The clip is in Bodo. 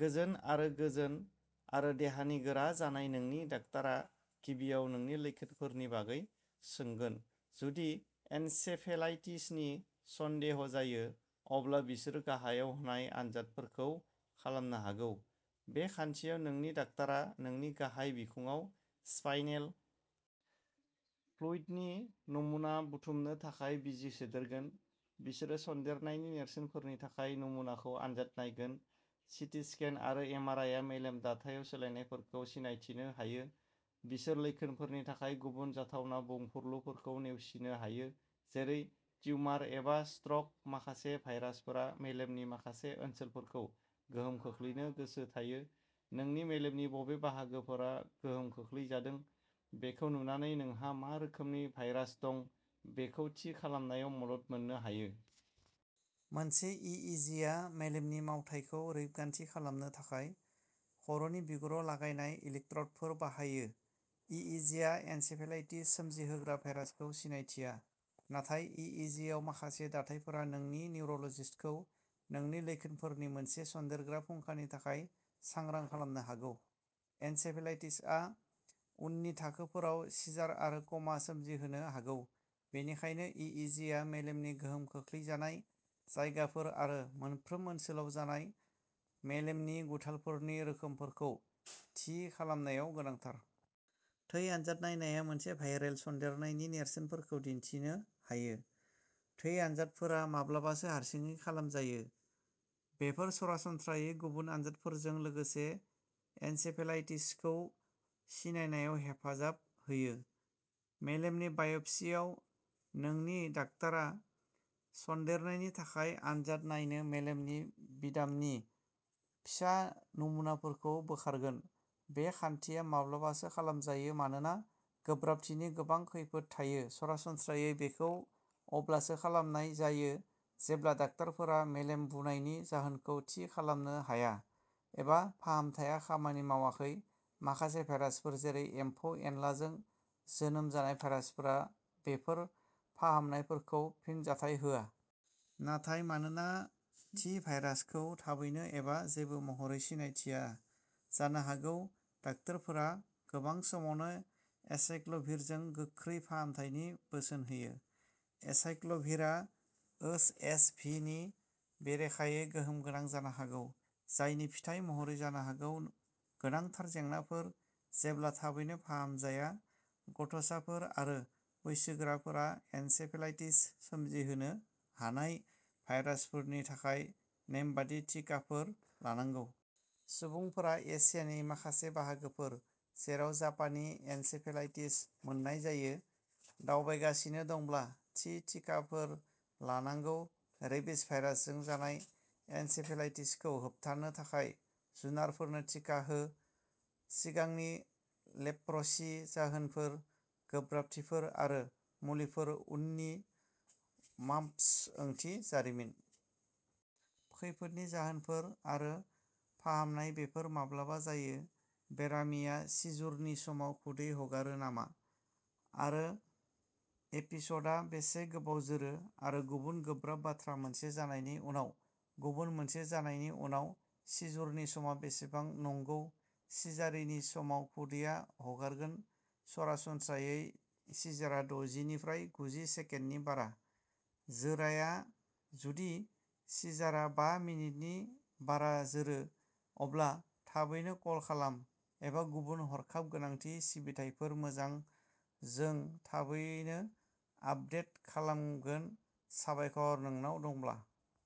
गोजोन आरो गोजोन आरो देहानि गोरा जानाय नोंनि डाक्टारआ गिबियाव नोंनि लैखोनफोरनि बागै सोंगोन जुदि एन्सेफेलाइटिसनि सन्देह जायो अब्ला बिसोर गाहायाव होनाय आनजादफोरखौ खालामनो हागौ बे खान्थियाव नोंनि डाक्टारआ नोंनि गाहाय बिखुंआव स्पाइनेल फ्लुइडनि नमुना बुथुमनो थाखाय बिजि सोदेरगोन बिसोर सन्देरनायनि नेरसोनफोरनि थाखाय नमुनाखौ आनजाद नायगोन सिटि स्केन आरो एमआरआइआ मेलेम दाथायाव सोलायनायफोरखौ सिनायथिनो हायो बिसोर लैखोनफोरनि थाखाय गुबुन जाथावना बुंफुरलुफोरखौ नेवसिनो हायो जेरै टिउमार एबा स्ट्रक माखासे भाइरासफोरा मेलेमनि माखासे ओनसोलफोरखौ गोहोम खोख्लैनो गोसो थायो नोंनि मेलेमनि बबे बाहागोफोरा गोहोम खोख्लैजादों बेखौ नुनानै नोंहा मा रोखोमनि भाइरास दं बेखौ थि खालामनायाव मदद मोननो हायो। मोनसे इइजिआ मेलेमनि मावथायखौ रेबगान्थि खालामनो थाखाय खर'नि बिगुराव लागायनाय इलेक्ट्र'डफोर बाहायो इइजिआ एन्सेफेलाइटिस सोमजिहोग्रा भाइरासखौ सिनायथिया नाथाय इइजिआव माखासे दाथायफोरा नोंनि निउर'ल'जिस्टखौ नोंनि लैखोनफोरनि मोनसे सनदेरग्रा फुंखानि थाखाय सांग्रां खालामनो हागौ एन्सेफेलाइटिसआ उननि थाखोफोराव सिजार आरो क'मा सोमजिहोनो हागौ बेनिखायनो इइजिआ मेलेमनि गोहोम खोख्लैजानाय जायगाफोर आरो मोनफ्रोम ओनसोलाव जानाय मेलेमनि गुथालफोरनि रोखोमफोरखौ थि खालामनायाव गोनांथार। थै आनजाद नायनाया मोनसे भाइरेल सन्देरनायनि नेरसोनफोरखौ दिन्थिनो हायो थै आनजादफोरा माब्लाबासो हारसिङै खालामजायो बेफोर सरासनस्रायै गुबुन आनजादफोरजों लोगोसे एन्सेफेलाइटिसखौ सिनायनायाव हेफाजाब होयो मेलेमनि बायपसीयाव नोंनि डाक्टारआ सन्देरनायनि थाखाय आनजाद नायनो मेलेमनि बिदामनि फिसा नमुनाफोरखौ बोखारगोन बे खान्थिया माब्लाबासो खालामजायो मानोना गोब्राबथिनि गोबां खैफोद थायो सरासनस्रायै बेखौ अब्लासो खालामनाय जायो जेब्ला डाक्टारफोरा मेलेम बुनायनि जाहोनखौ थि खालामनो हाया एबा फाहामथाया खामानि मावाखै माखासे भाइरासफोर जेरै एम्फौ-एनलाजों जोनोम जानाय भाइरासफोरा बेफोर फाहामनायफोरखौ फिनजाथाय होआ। नाथाय मानोना थि भाइरासखौ थाबैनो एबा जेबो महरै सिनायथिया जानो हागौ डाक्टारफोरा गोबां समावनो एसाइक्ल'भिरजों गोख्रै फाहामथायनि बोसोन होयो। एसाइक्ल'भिरआ ओस एस भि नि बेरेखायै गोहोमगोनां जानो हागौ जायनि फिथाय महरै जानो हागौ गोनांथार जेंनाफोर जेब्ला थाबैनो फाहामजाया गथ'साफोर आरो बैसोगोराफोरा एन्सेफेलाइटिस सोमजिहोनो हानाय भाइरासफोरनि थाखाय नेमबादि टिकाफोर लानांगौ। सुबुंफोरा एसियानि माखासे बाहागोफोर जेराव जापानी एन्सेफेलाइटिस मोननाय जायो दावबायगासिनो दंब्ला थि टिकाफोर लानांगौ रेबिस भाइरासजों जानाय एन्सेफेलाइटिसखौ होबथानो थाखाय जुनारफोरनो टिका हो सिगांनि लेप्रसि जाहोनफोर गोब्राबथिफोर आरो मुलिफोर उननि माम्प्स ओंथि जारिमिन खैफोदनि जाहोनफोर आरो फाहामनाय बेफोर माब्ला जायो बेरामिया सिजुरनि समाव खुदै हगारो नामा आरो एपिस'डआ बेसे गोबाव जोरो आरो गुबुन गोब्राब बाथ्रा मोनसे जानायनि उनाव गुबुन मोनसे जानायनि उनाव सिजुरनि समा बेसेबां नंगौ सिजारिनि समाव खुदैया हगारगोन सरासनस्रायै सिजारा दजि निफ्राय गुजि सेकेन्डनि बारा जोराया जुदि सिजारा बा मिनिटनि बारा जोरो अब्ला थाबैनो कल खालाम एबा गुबुन हरखाब गोनांथि सिबिथायफोर मोजां जों थाबैनो आपडेट खालामगोन साबायखर नोंनाव दंब्ला।